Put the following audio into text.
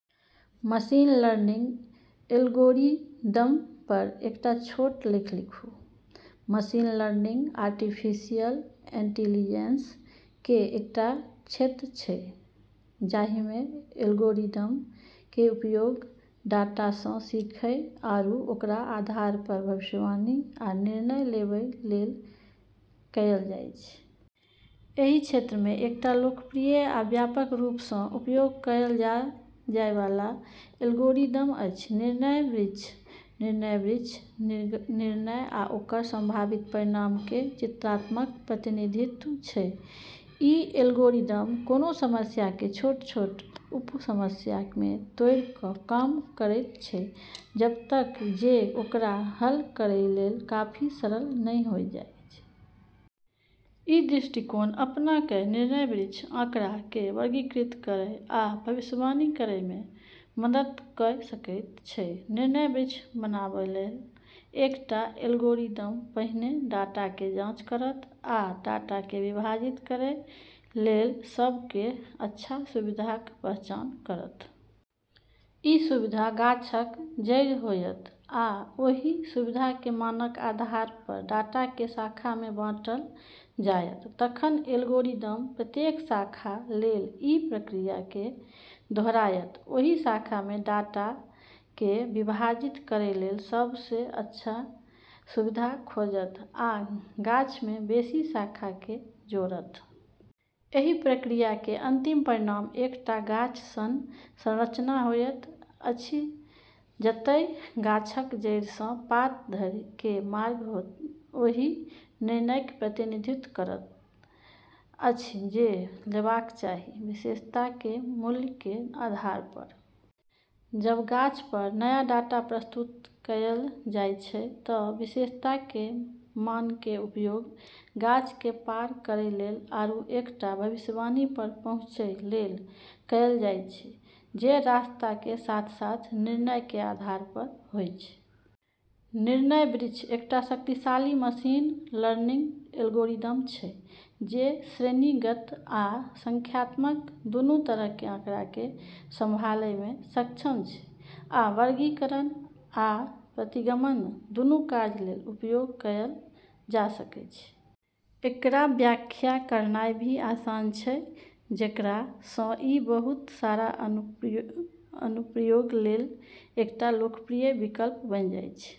Machine learning algorithm पर एकटा छोट लेख लिखू। मशीन लर्निंग आर्टिफिशियल इंटेलिजेंस के एकटा क्षेत्र छै, जाहि मे एल्गोरिदम के उपयोग डाटा सँ सीखय आरू ओकरा आधार पर भविष्यवाणी या निर्णय लेबय लेल कयल जाय छै। एहि क्षेत्र मे एकटा लोकप्रिय आ व्यापक रूप सँ उपयोग कयल जाय वाला एल्गोरिदम अछि निर्णय वृक्ष। निर्णय वृक्ष निर्णय आ ओकर संभावित परिणामक के चित्रात्मक प्रतिनिधित्व छै। ई एल्गोरिदम कोनों समस्या के छोट-छोट उप-समस्या मे तोड़ि कय काम करैत छै जबतक जे ओकरा हल करै लेल काफी सरल नहि होय जाय छै। इ दृष्टिकोण अपना कय निर्णय वृक्ष आंकड़ा के वर्गीकृत करय आ भविष्यवाणी करय मे मदद कय सकैत छै। निर्णय वृक्ष बनाबय लेल एकटा एल्गोरिदम पहिने डाटा के जाँच करत आ डाटा के विभाजित करय लेल सबसे अच्छा सुविधा के पहचान करत। ई सुविधा गाछक जड़ि होयत, आ ओहि सुविधा के मानक आधार पर डाटा के शाखा मे बाँटल जायत। तखन एल्गोरिदम प्रत्येक शाखा लेल इ प्रक्रिया के दोहरायत, ओहि शाखा मे डाटा के विभाजित करय लेल सबसे अच्छा सुविधा खोजत आ गाछ मे बेसी शाखा के जोड़त। एहि प्रक्रिया के अंतिम परिणाम एकटा गाछ सन संरचना होइत अछि, जतय गाछक जड़ि सँ पात धरि के मार्ग ओहि निर्णयक प्रतिनिधित्व करैत अछि जे लेबाक चाही, विशेषता के मूल्य के आधार पर। जब गाछ पर नया डाटा प्रस्तुत कयल जाय छै त विशेषता के मान के उपयोग गाछ के पार करै लेल आरू एकटा भविष्यवाणी पर पहुँचय लेल कयल जाय छै, जे रास्ता के साथ-साथ निर्णय के आधार पर होय छै। निर्णय वृक्ष एकटा शक्तिशाली मशीन लर्निंग एल्गोरिदम छै, जे श्रेणीगत आ संख्यात्मक दुनू तरह के आंकड़ा के संभालय मे सक्षम छै, आ वर्गीकरण आ प्रतिगमन दुनू कार्य लेल उपयोग कयल जा सकैत छै। एकरा व्याख्या करनाय भी आसान छै, जेकरा सँ ई बहुत सारा अनुप्रयोग लेल एकटा लोकप्रिय विकल्प बनि जाय छै।